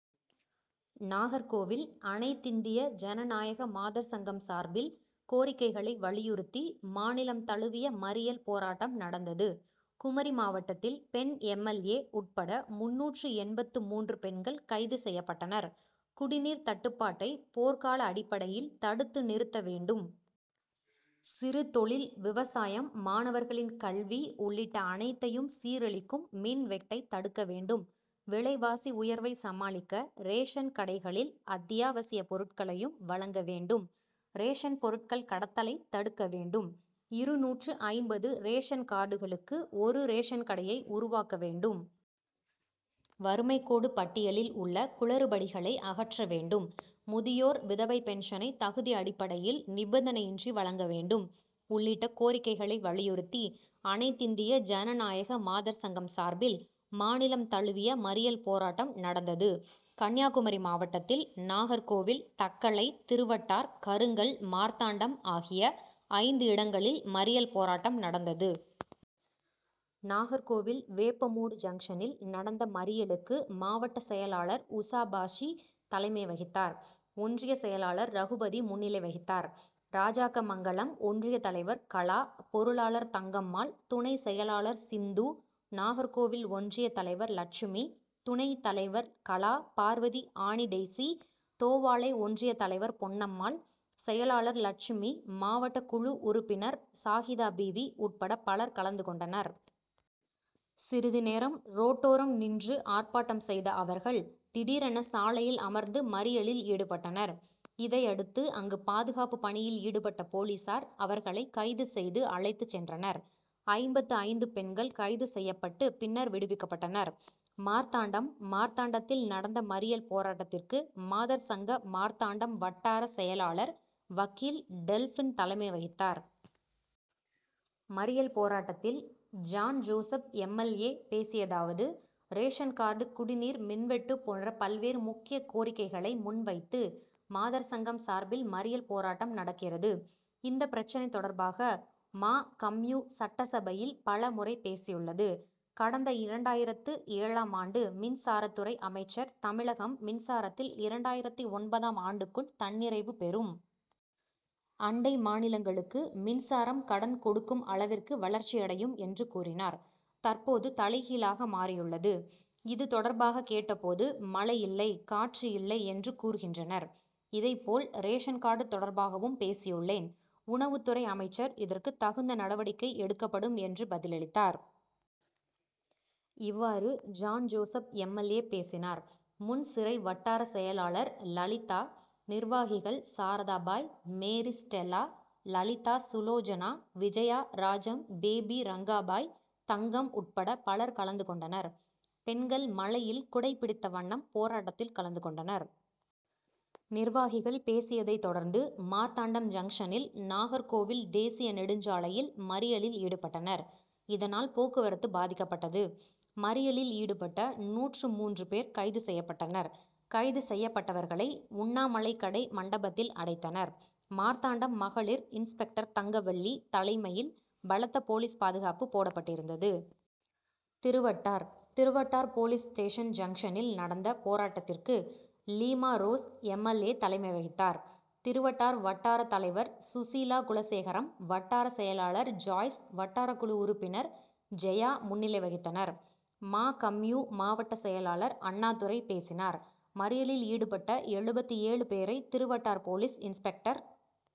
நாகர்கோவில் அனைத்திந்திய ஜனநாயக மாதர் சங்கம் சார்பில் கோரிக்கைகளை வலியுறுத்தி மாநிலம் தழுவிய மறியல் போராட்டம் நடந்தது. குமரி மாவட்டத்தில் பெண் எம். எல். ஏ. உட்பட முந்நூற்று எண்பத்து மூன்று பெண்கள் கைது செய்யப்பட்டனர். குடிநீர் தட்டுப்பாட்டை போர்கால அடிப்படையில் தடுத்து நிறுத்த வேண்டும். சிறுதொழில் விவசாயம் மாணவர்களின் கல்வி உள்ளிட்ட அனைத்தையும் சீரழிக்கும் மின்வெட்டை தடுக்க வேண்டும். விலைவாசி உயர்வை சமாளிக்க ரேஷன் கடைகளில் அத்தியாவசிய பொருட்களையும் வழங்க வேண்டும். ரேஷன் பொருட்கள் கடத்தலை தடுக்க வேண்டும். இருநூற்று ஐம்பது ரேஷன் கார்டுகளுக்கு ஒரு ரேஷன் கடையை உருவாக்க வேண்டும். வறுமைக்கோடு பட்டியலில் உள்ள குளறுபடிகளை அகற்ற வேண்டும். முதியோர் விதவை பென்ஷனை தகுதி அடிப்படையில் நிபந்தனையின்றி வழங்க வேண்டும். உள்ளிட்ட கோரிக்கைகளை வலியுறுத்தி அனைத்திந்திய ஜனநாயக மாதர்சங்கம் சார்பில் மாநிலம் தழுவிய மறியல் போராட்டம் நடந்தது. கன்னியாகுமரி மாவட்டத்தில் நாகர்கோவில் தக்கலை திருவட்டார் கருங்கல் மார்த்தாண்டம் ஆகிய ஐந்து இடங்களில் மறியல் போராட்டம் நடந்தது. நாகர்கோவில் வேப்பமூடு ஜங்ஷனில் நடந்த மறியலுக்கு மாவட்ட செயலாளர் உஷாபாசி தலைமை வகித்தார். ஒன்றிய செயலாளர் ரகுபதி முன்னிலை வகித்தார். ராஜாக்கமங்கலம் ஒன்றிய தலைவர் கலா பொருளாளர் தங்கம்மாள் துணை செயலாளர் சிந்து நாகர்கோவில் ஒன்றிய தலைவர் லட்சுமி துணை தலைவர் கலா பார்வதி ஆனிடெய்சி தோவாளை ஒன்றிய தலைவர் பொன்னம்மாள் செயலாளர் லட்சுமி மாவட்ட குழு உறுப்பினர் சாகிதா பீவி உட்பட பலர் கலந்துகொண்டனர். சிறிதுநேரம் ரோட்டோரம் நின்று ஆர்ப்பாட்டம் செய்த அவர்கள் திடீரென சாலையில் அமர்ந்து மறியலில் ஈடுபட்டனர். இதையடுத்து அங்கு பாதுகாப்பு பணியில் ஈடுபட்ட போலீசார் அவர்களை கைது செய்து அழைத்து சென்றனர். ஐம்பத்து ஐந்து பெண்கள் கைது செய்யப்பட்டு பின்னர் விடுவிக்கப்பட்டனர். மார்த்தாண்டம் மார்த்தாண்டத்தில் நடந்த மறியல் போராட்டத்திற்கு மாதர் சங்க மார்த்தாண்டம் வட்டார செயலாளர் வக்கீல் டெல்பின் தலைமை வகித்தார். மறியல் போராட்டத்தில் ஜாண்ஜோசப் எம். எல். ஏ. பேசியதாவது ரேஷன் கார்டு குடிநீர் மின்வெட்டு போன்ற பல்வேறு முக்கிய கோரிக்கைகளை முன்வைத்து மாதர் சங்கம் சார்பில் மறியல் போராட்டம் நடக்கிறது. இந்த பிரச்னை தொடர்பாக மா. கம்யூ. சட்டசபையில் பல முறை பேசியுள்ளது. கடந்த இரண்டாயிரத்து ஏழாம் ஆண்டு மின்சாரத்துறை அமைச்சர் தமிழகம் மின்சாரத்தில் இரண்டாயிரத்து ஒன்பதாம் ஆண்டுக்குள் தன்னிறைவு பெறும். அண்டை மாநிலங்களுக்கு மின்சாரம் கடன் கொடுக்கும் அளவிற்கு வளர்ச்சியடையும் என்று கூறினார். தற்போது தலைகீழாக மாறியுள்ளது. இது தொடர்பாக கேட்ட போது மழை இல்லை. காற்று இல்லை என்று கூறுகின்றனர். இதை போல் ரேஷன் கார்டு தொடர்பாகவும் பேசியுள்ளேன். உணவுத்துறை அமைச்சர் இதற்கு தகுந்த நடவடிக்கை எடுக்கப்படும் என்று பதிலளித்தார். இவ்வாறு John Joseph M. L. A. பேசினார். முன்சிறை வட்டார செயலாளர் லலிதா நிர்வாகிகள் சாரதாபாய் மேரி ஸ்டெல்லா லலிதா சுலோஜனா விஜயா ராஜம் பேபி ரங்கபாய் தங்கம் உட்பட பலர் கலந்து கொண்டனர். பெண்கள் மழையில் குடை பிடித்த வண்ணம் போராட்டத்தில் கலந்து கொண்டனர். நிர்வாகிகள் பேசியதை தொடர்ந்து மார்த்தாண்டம் ஜங்ஷனில் நாகர்கோவில் தேசிய நெடுஞ்சாலையில் மறியலில் ஈடுப்பட்டனர். இதனால் போக்குவரத்து பாதிக்கப்பட்டது. மறியலில் ஈடுபட்ட நூற்று மூன்று பேர் கைது செய்யப்பட்டனர். கைது செய்யப்பட்டவர்களை உண்ணாமலைக்கடை மண்டபத்தில் அடைத்தனர். மார்த்தாண்டம் மகளிர் இன்ஸ்பெக்டர் தங்கவள்ளி தலைமையில் பலத்த போலீஸ் பாதுகாப்பு போடப்பட்டிருந்தது. திருவட்டார் திருவட்டார் போலீஸ் ஸ்டேஷன் ஜங்ஷனில் நடந்த போராட்டத்திற்கு லீமாறோஸ் எம். எல். ஏ. தலைமை வகித்தார். திருவட்டார் வட்டார தலைவர் சுசீலா குலசேகரம் வட்டார செயலாளர் ஜாய்ஸ் வட்டாரக்குழு உறுப்பினர் ஜெயா முன்னிலை வகித்தனர். மா. கம்யூ. மாவட்ட செயலாளர் அண்ணாத்துரை பேசினார். மறியலில் ஈடுபட்ட எழுபத்து ஏழு பேரை திருவட்டார் போலீஸ் இன்ஸ்பெக்டர்